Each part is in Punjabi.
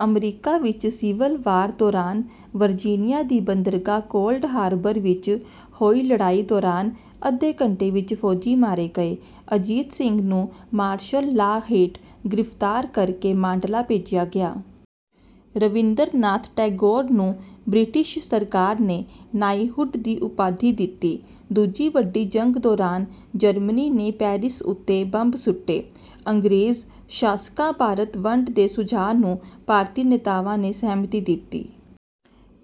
– ਅਮਰੀਕਾ ਵਿੱਚ ਸਿਵਲ ਵਾਰ ਦੌਰਾਨ ਵਰਜੀਨੀਆ ਦੀ ਬੰਦਰਗਾਹ ਕੋਲਡ ਹਾਰਬਰ ਵਿੱਚ ਹੋਈ ਲੜਾਈ ਦੌਰਾਨ ਅੱਧੇ ਘੰਟੇ ਵਿੱਚ ਫ਼ੌਜੀ ਮਾਰੇ ਗਏ। – ਅਜੀਤ ਸਿੰਘ ਨੂੰ ਮਾਰਸ਼ਲ ਲਾਅ ਹੇਠ ਗ੍ਰਿਫ਼ਤਾਰ ਕਰ ਕੇ ਮਾਂਡਲਾ ਭੇਜਿਆ ਗਿਆ। – ਰਵਿੰਦਰਨਾਥ ਟੈਗੋਰ ਨੂੰ ਬ੍ਰਿਟਿਸ਼ ਸਰਕਾਰ ਨੇ ਨਾਈਹੁਡ ਦੀ ਉਪਾਧੀ ਦਿੱਤੀ। – ਦੂਜੀ ਵੱਡੀ ਜੰਗ ਦੌਰਾਨ ਜਰਮਨੀ ਨੇ ਪੈਰਿਸ ਉਤੇ ਬੰਬ ਸੁੱਟੇ। – ਅੰਗਰੇਜ਼ ਸ਼ਾਸਕਾਂ ਭਾਰਤ ਵੰਡ ਦੇ ਸੁਝਾਅ ਨੂੰ ਭਾਰਤੀ ਨੇਤਾਵਾਂ ਨੇ ਸਹਿਮਤੀ ਦਿੱਤੀ।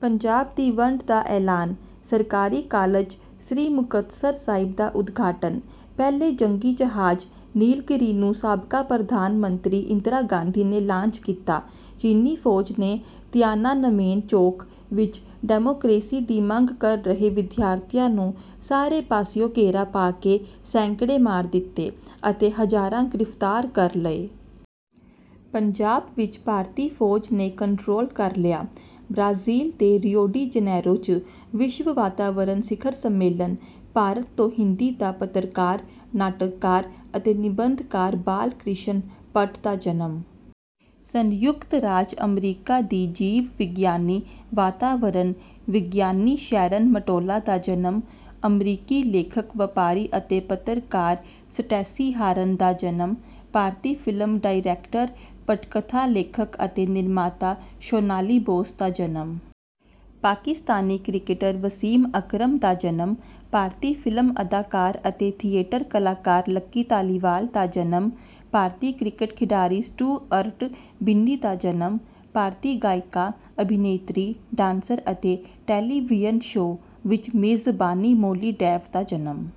ਪੰਜਾਬ ਦੀ ਵੰਡ ਦਾ ਐਲਾਨ। – ਸਰਕਾਰੀ ਕਾਲਜ ਸ੍ਰੀ ਮੁਕਤਸਰ ਸਾਹਿਬ ਦਾ ਉਦਘਾਟਨ। – ਪਹਿਲੇ ਜੰਗੀ ਜਹਾਜ਼ ਨੀਲਗਿਰੀ ਨੂੰ ਸਾਬਕਾ ਪ੍ਰਧਾਨ ਮੰਤਰੀ ਇੰਦਰਾ ਗਾਂਧੀ ਨੇ ਲਾਂਚ ਕੀਤਾ। – ਚੀਨੀ ਫ਼ੌਜ ਨੇ ਤੀਆਨਾਨਮੇਨ ਚੌਕ ਵਿੱਚ ਡੈਮੋਕਰੇਸੀ ਦੀ ਮੰਗ ਕਰ ਰਹੇ ਵਿਦਿਆਰਥੀਆਂ ਨੂੰ ਸਾਰੇ ਪਾਸਿਉਂ ਘੇਰਾ ਪਾ ਕੇ ਸੈਂਕੜੇ ਮਾਰ ਦਿਤੇ ਅਤੇ ਹਜ਼ਾਰਾਂ ਗ੍ਰਿਫ਼ਤਾਰ ਕਰ ਲਏ। – ਪੰਜਾਬ ਵਿੱਚ ਭਾਰਤੀ ਫ਼ੌਜ ਨੇ ਕੰਟਰੋਲ ਕਰ ਲਿਆ। – ਬ੍ਰਾਜ਼ੀਲ ਦੇ ਰਿਓ ਡੀ ਜਨੇਰੋ 'ਚ ਵਿਸ਼ਵ ਵਾਤਾਵਰਣ ਸਿਖਰ ਸੰਮੇਲਨ। – ਭਾਰਤ ਤੋਂ ਹਿੰਦੀ ਦਾ ਪੱਤਰਕਾਰ, ਨਾਟਕਕਾਰ ਅਤੇ ਨਿਬੰਧਕਾਰ ਬਾਲ ਕ੍ਰਿਸ਼ਨ ਭੱਟ ਦਾ ਜਨਮ। – ਸੰਯੁਕਤ ਰਾਜ ਅਮਰੀਕਾ ਦੀ ਜੀਵ ਵਿਗਿਆਨੀ, ਵਾਤਾਵਰਣ ਵਿਗਿਆਨੀ ਸ਼ੈਰਨ ਮਟੋਲਾ ਦਾ ਜਨਮ। – ਅਮਰੀਕੀ ਲੇਖਕ, ਵਪਾਰੀ ਅਤੇ ਪੱਤਰਕਾਰ ਸਟੇਸੀ ਹਾਰਨ ਦਾ ਜਨਮ। – ਭਾਰਤੀ ਫਿਲਮ ਡਾਇਰੈਕਟਰ, ਪਟਕਥਾ ਲੇਖਕ ਅਤੇ ਨਿਰਮਾਤਾ ਸ਼ੋਨਾਲੀ ਬੋਸ ਦਾ ਜਨਮ। – ਪਾਕਿਸਤਾਨੀ ਕ੍ਰਿਕਟਰ ਵਸੀਮ ਅਕਰਮ ਦਾ ਜਨਮ। – ਭਾਰਤੀ ਫ਼ਿਲਮ ਅਦਾਕਾਰ ਅਤੇ ਥੀਏਟਰ ਕਲਾਕਾਰ ਲੱਕੀ ਧਾਲੀਵਾਲ ਦਾ ਜਨਮ। – ਭਾਰਤੀ ਕ੍ਰਿਕਟ ਖਿਡਾਰੀ ਸਟੂਅਰਟ ਬਿੰਨੀ ਦਾ ਜਨਮ। – ਭਾਰਤੀ ਗਾਇਕਾ, ਅਭਿਨੇਤਰੀ, ਡਾਂਸਰ ਅਤੇ ਟੈਲੀਵੀਯਨ ਸ਼ੋਅ ਵਿੱਚ ਮੇਜ਼ਬਾਨੀ ਮੌਲੀ ਡੇਵ ਦਾ ਜਨਮ। –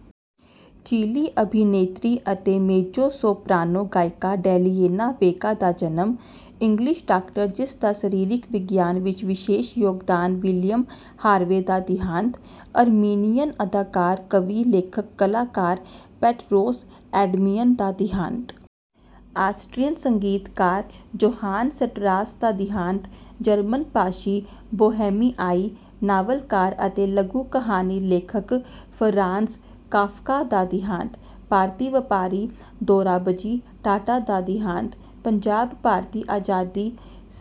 ਚਿਲੀ ਅਭਿਨੇਤਰੀ ਅਤੇ ਮੇਜੋ-ਸੋਪ੍ਰਾਨੋ ਗਾਇਕਾ ਡੇਨੀਏਲਾ ਵੇਗਾ ਦਾ ਜਨਮ। – ਇੰਗਲਿਸ਼ ਡਾਕਟਰ ਜਿਸ ਦਾ ਸਰੀਰਕ ਵਿਗਿਆਨ ਵਿੱਚ ਵਿਸ਼ੇਸ਼ ਯੋਗਦਾਨ ਵਿਲੀਅਮ ਹਾਰਵੇ ਦਾ ਦਿਹਾਂਤ। – ਅਰਮੀਨੀਅਨ ਅਦਾਕਾਰ, ਕਵੀ, ਲੇਖਕ, ਕਲਾਕਾਰ ਪੈਟਰੋਸ ਐਡਮਿਅਨ ਦਾ ਦਿਹਾਂਤ। – ਆਸਟ੍ਰੀਅਨ ਸੰਗੀਤਕਾਰ ਜੋਹਾਨ ਸਟਰਾਸ ਦਾ ਦਿਹਾਂਤ। – ਜਰਮਨ ਭਾਸ਼ੀ ਬੋਹੇਮੀਆਈ ਨਾਵਲਕਾਰ ਅਤੇ ਲਘੂ-ਕਹਾਣੀ ਲੇਖਕ ਫ਼ਰਾਂਜ਼ ਕਾਫ਼ਕਾ ਦਾ ਦਿਹਾਂਤ। – ਭਾਰਤੀ ਵਪਾਰੀ ਦੋਰਾਬਜੀ ਟਾਟਾ ਦਾ ਦਿਹਾਂਤ। – ਪੰਜਾਬ, ਭਾਰਤੀ ਆਜ਼ਾਦੀ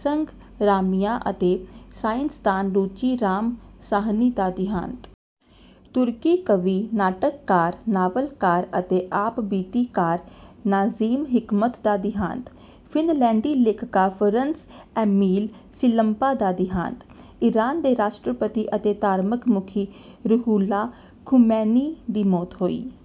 ਸੰਗਰਾਮੀਆ ਅਤੇ ਸਾਇੰਸਦਾਨ ਰੁਚੀ ਰਾਮ ਸਾਹਨੀ ਦਾ ਦਿਹਾਂਤ। – ਤੁਰਕੀ ਕਵੀ, ਨਾਟਕਕਾਰ, ਨਾਵਲਕਾਰ ਅਤੇ ਆਪਬੀਤੀਕਾਰ ਨਾਜ਼ਿਮ ਹਿਕਮਤ ਦਾ ਦਿਹਾਂਤ। – ਫ਼ਿਨਲੈਂਡੀ ਲੇਖਕਾਂ ਫ਼ਰੰਸ ਏਮੀਲ ਸਿਲੰਪਾ ਦਾ ਦਿਹਾਂਤ। – ਇਰਾਨ ਦੇ ਰਾਸ਼ਟਰਪਤੀ ਅਤੇ ਧਾਰਮਕ ਮੁਖੀ ਰੂਹੁੱਲਾ ਖ਼ੁਮੈਨੀ ਦੀ ਮੌਤ ਹੋਈ।